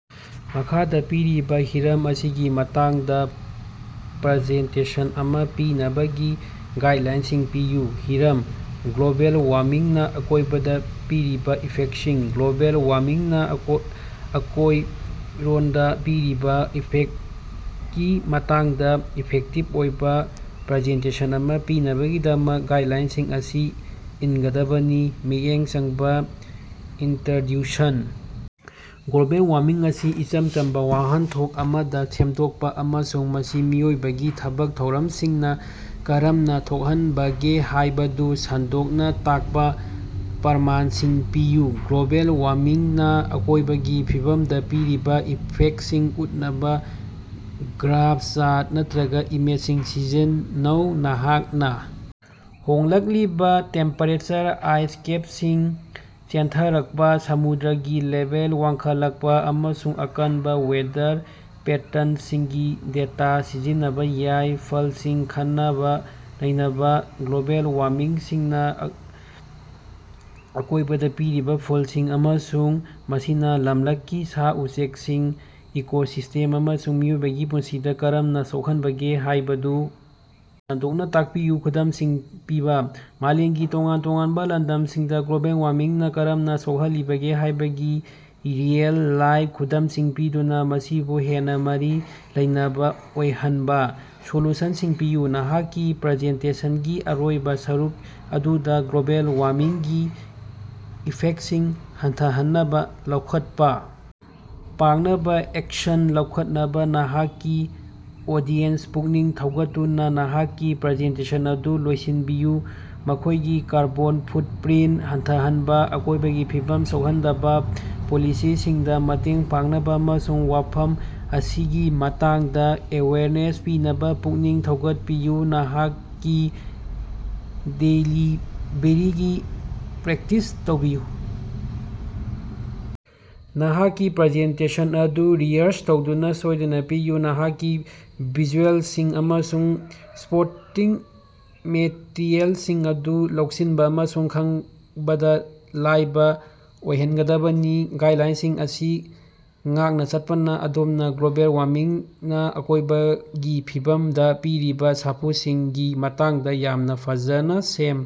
ꯃꯈꯥꯗ ꯄꯤꯔꯤꯕ ꯍꯤꯔꯝ ꯑꯁꯤꯒꯤ ꯃꯇꯥꯡꯗ ꯄ꯭ꯔꯖꯦꯟꯇꯦꯁꯟ ꯑꯃ ꯄꯤꯅꯕꯒꯤ ꯒꯥꯏꯗꯂꯥꯏꯟꯁꯤꯡ ꯄꯤꯌꯨ꯫ ꯍꯤꯔꯝ- ꯒ꯭ꯂꯣꯕꯦꯜ ꯋꯥꯔꯃꯤꯡꯅ ꯑꯀꯣꯏꯕꯗ ꯄꯤꯔꯤꯕ ꯏꯐꯦꯛꯁꯤꯡ꯫ ꯒ꯭ꯂꯣꯕꯦꯜ ꯋꯥꯔꯃꯤꯡꯅ ꯑꯀꯣꯏ ꯑꯀꯣꯏꯔꯣꯟꯗ ꯄꯤꯔꯤꯕ ꯏꯐꯦꯛꯀꯤ ꯃꯇꯥꯡꯗ ꯏꯐꯦꯛꯇꯤꯚ ꯑꯣꯏꯕ ꯄ꯭ꯔꯖꯦꯟꯇꯦꯁꯟ ꯑꯃ ꯄꯤꯅꯕꯒꯤꯗꯃꯛ, ꯒꯥꯏꯗꯂꯥꯏꯟꯁꯤꯡ ꯑꯁꯤ ꯏꯟꯒꯗꯕꯅꯤ- ꯃꯤꯠꯌꯦꯡ ꯆꯪꯕ ꯏꯟꯇ꯭ꯔꯗ꯭ꯌꯨꯁꯟ ꯒ꯭ꯂꯣꯕꯦꯜ ꯋꯥꯔꯃꯤꯡ ꯑꯁꯤ ꯏꯆꯝ ꯆꯝꯕ ꯋꯥꯍꯟꯊꯣꯛ ꯑꯃꯗ ꯁꯦꯝꯗꯣꯛꯄ ꯑꯃꯁꯨꯡ ꯃꯁꯤ ꯃꯤꯑꯣꯏꯕꯒꯤ ꯊꯕꯛ ꯊꯧꯔꯝꯁꯤꯡꯅ ꯀꯔꯝꯅ ꯊꯣꯛꯍꯟꯕꯒꯦ ꯍꯥꯏꯕꯗꯨ ꯁꯟꯗꯣꯛꯅ ꯇꯥꯛꯄ꯫ ꯄ꯭ꯔꯃꯥꯟꯁꯤꯡ ꯄꯤꯌꯨ: ꯒ꯭ꯂꯣꯕꯦꯜ ꯋꯥꯔꯃꯤꯡꯅ ꯑꯀꯣꯏꯕꯒꯤ ꯐꯤꯕꯝꯗ ꯄꯤꯔꯤꯕ ꯏꯐꯦꯛꯁꯤꯡ ꯎꯠꯅꯕ ꯒ꯭ꯔꯥꯐ, ꯆꯥꯔꯠ ꯅꯠꯇꯔꯒ ꯏꯃꯦꯖꯁꯤꯡ ꯁꯤꯖꯤꯟꯅꯧ꯫ ꯅꯍꯥꯛꯅ ꯍꯣꯡꯂꯛꯂꯤꯕ ꯇꯦꯝꯄꯦꯔꯦꯆꯔ, ꯑꯥꯏꯁ ꯀꯦꯞꯁꯤꯡ ꯆꯦꯟꯊꯔꯛꯄ, ꯁꯃꯨꯗ꯭ꯔꯒꯤ ꯂꯦꯚꯦꯜ ꯋꯥꯡꯈꯠꯂꯛꯄ, ꯑꯃꯁꯨꯡ ꯑꯀꯟꯕ ꯋꯦꯗꯔ ꯄꯦꯇꯔꯟꯁꯤꯡꯒꯤ ꯗꯦꯇꯥ ꯁꯤꯖꯤꯟꯅꯕ ꯌꯥꯏ꯫ ꯐꯜꯁꯤꯡ ꯈꯟꯅꯅ-ꯅꯩꯅꯕ: ꯒ꯭ꯂꯣꯕꯦꯜ ꯋꯥꯔꯃꯤꯡꯁꯤꯡꯅ ꯑꯀꯣꯏꯔꯣꯟꯗ ꯄꯤꯔꯤꯕ ꯐꯜꯁꯤꯡ ꯑꯃꯁꯨꯡ ꯃꯁꯤꯅ ꯂꯝꯂꯛꯀꯤ ꯁꯥ-ꯎꯆꯦꯛꯁꯤꯡ, ꯏꯀꯣꯁꯤꯁ꯭ꯇꯦꯝ ꯑꯃꯁꯨꯡ ꯃꯤꯑꯣꯏꯕꯒꯤ ꯄꯨꯟꯁꯤꯗ ꯀꯔꯝꯅ ꯁꯣꯛꯍꯟꯕꯒꯦ ꯍꯥꯏꯕꯗꯨ ꯁꯟꯗꯣꯛꯅ ꯇꯥꯀꯄꯤꯌꯨ꯫ ꯈꯨꯗꯝꯁꯤꯡ ꯄꯤꯕ: ꯃꯥꯂꯦꯝꯒꯤ ꯇꯣꯉꯥꯟ-ꯇꯣꯉꯥꯟꯕ ꯂꯝꯗꯝꯁꯤꯡꯗ ꯒ꯭ꯂꯣꯕꯦꯜ ꯋꯥꯔꯃꯤꯡꯅ ꯀꯔꯝꯅ ꯁꯣꯛꯍꯜꯂꯤꯕꯒꯦ ꯍꯥꯏꯕꯒꯤ ꯔꯤꯑꯦꯜ-ꯂꯥꯏꯐ ꯈꯨꯗꯝꯁꯤꯡ ꯄꯤꯗꯨꯅꯥ ꯃꯁꯤꯕꯨ ꯍꯦꯟꯅ ꯃꯔꯤ ꯂꯩꯅꯕ ꯑꯣꯏꯍꯟꯕ꯫ ꯁꯣꯂꯨꯁꯟꯁꯤꯡ ꯄꯤꯌꯨ - ꯅꯍꯥꯛꯀꯤ ꯄ꯭ꯔꯖꯦꯟꯇꯦꯁꯟꯒꯤ ꯑꯔꯣꯏꯕ ꯁꯔꯨꯛ ꯑꯗꯨꯗꯥ, ꯒ꯭ꯂꯣꯕꯦꯜ ꯋꯥꯔꯃꯤꯡꯒꯤ ꯏꯐꯦꯛꯁꯤꯡ ꯍꯟꯊꯍꯟꯅꯕ ꯂꯧꯈꯠꯄꯥ ꯄꯥꯡꯅꯕ ꯑꯦꯛꯁꯟ ꯂꯧꯈꯠꯅꯕ ꯅꯍꯥꯛꯀꯤ ꯑꯣꯗꯤꯑꯦꯟꯁ ꯄꯨꯛꯅꯤꯡ ꯊꯧꯒꯠꯇꯨꯅ ꯅꯍꯥꯛꯀꯤ ꯄ꯭ꯔꯖꯦꯟꯇꯦꯁꯟ ꯑꯗꯨ ꯂꯣꯏꯁꯤꯟꯕꯤꯌꯨ꯫ ꯃꯈꯣꯏꯒꯤ ꯀꯥꯔꯕꯣꯟ ꯐꯨꯠꯄ꯭ꯔꯤꯟꯠ ꯍꯟꯊꯍꯟꯅꯕ, ꯑꯀꯣꯏꯕꯒꯤ ꯐꯤꯕꯝ ꯁꯣꯛꯍꯟꯗꯕ ꯄꯣꯂꯤꯁꯤꯁꯤꯡꯗ ꯃꯇꯦꯡ ꯄꯥꯡꯅꯕ ꯑꯃꯁꯨꯡ ꯋꯥꯐꯝ ꯑꯁꯤꯒꯤ ꯃꯇꯥꯡꯗ ꯑꯦꯋꯦꯌ꯭ꯔꯅꯦꯁ ꯄꯤꯅꯕ ꯄꯨꯛꯅꯤꯡ ꯊꯧꯒꯠꯄꯤꯌꯨ꯫ ꯅꯍꯥꯛꯀꯤ ꯗꯦꯂꯤꯚꯔꯤꯒꯤ ꯄ꯭ꯔꯦꯛꯇꯤꯁ ꯇꯧꯕꯤꯌꯨ: ꯅꯍꯥꯛꯀꯤ ꯄ꯭ꯔꯖꯦꯟꯇꯦꯁꯟ ꯑꯗꯨ ꯔꯤꯍꯔ꯭ꯁ ꯇꯧꯗꯨꯅ ꯁꯣꯏꯗꯅ ꯄꯤꯌꯨ꯫ ꯅꯍꯥꯛꯀꯤ ꯚꯤꯖꯨꯑꯦꯜꯁꯤꯡ ꯑꯃꯁꯨꯡ ꯁ꯭ꯄꯣꯔꯇꯤꯡ ꯃꯦꯇꯔꯤꯑꯦꯜꯁꯤꯡ ꯑꯗꯨ ꯂꯧꯁꯤꯟꯕ ꯑꯃꯁꯨꯡ ꯈꯪꯕꯗ ꯂꯥꯏꯕ ꯑꯣꯏꯍꯟꯒꯗꯕꯅꯤ꯫ ꯒꯥꯏꯗꯂꯥꯏꯟꯁꯤꯡ ꯑꯁꯤ ꯉꯥꯛꯅꯥ ꯆꯠꯄꯅ ꯑꯗꯣꯝꯅ ꯒ꯭ꯂꯣꯕꯦꯜ ꯋꯥꯔꯃꯤꯡꯅ ꯑꯀꯣꯏꯕꯒꯤ ꯐꯤꯕꯝꯗ ꯄꯤꯔꯤꯕ ꯁꯥꯐꯨꯁꯤꯡꯒꯤ ꯃꯇꯥꯡꯗ ꯌꯥꯝꯅ ꯐꯖꯅ ꯁꯦꯝ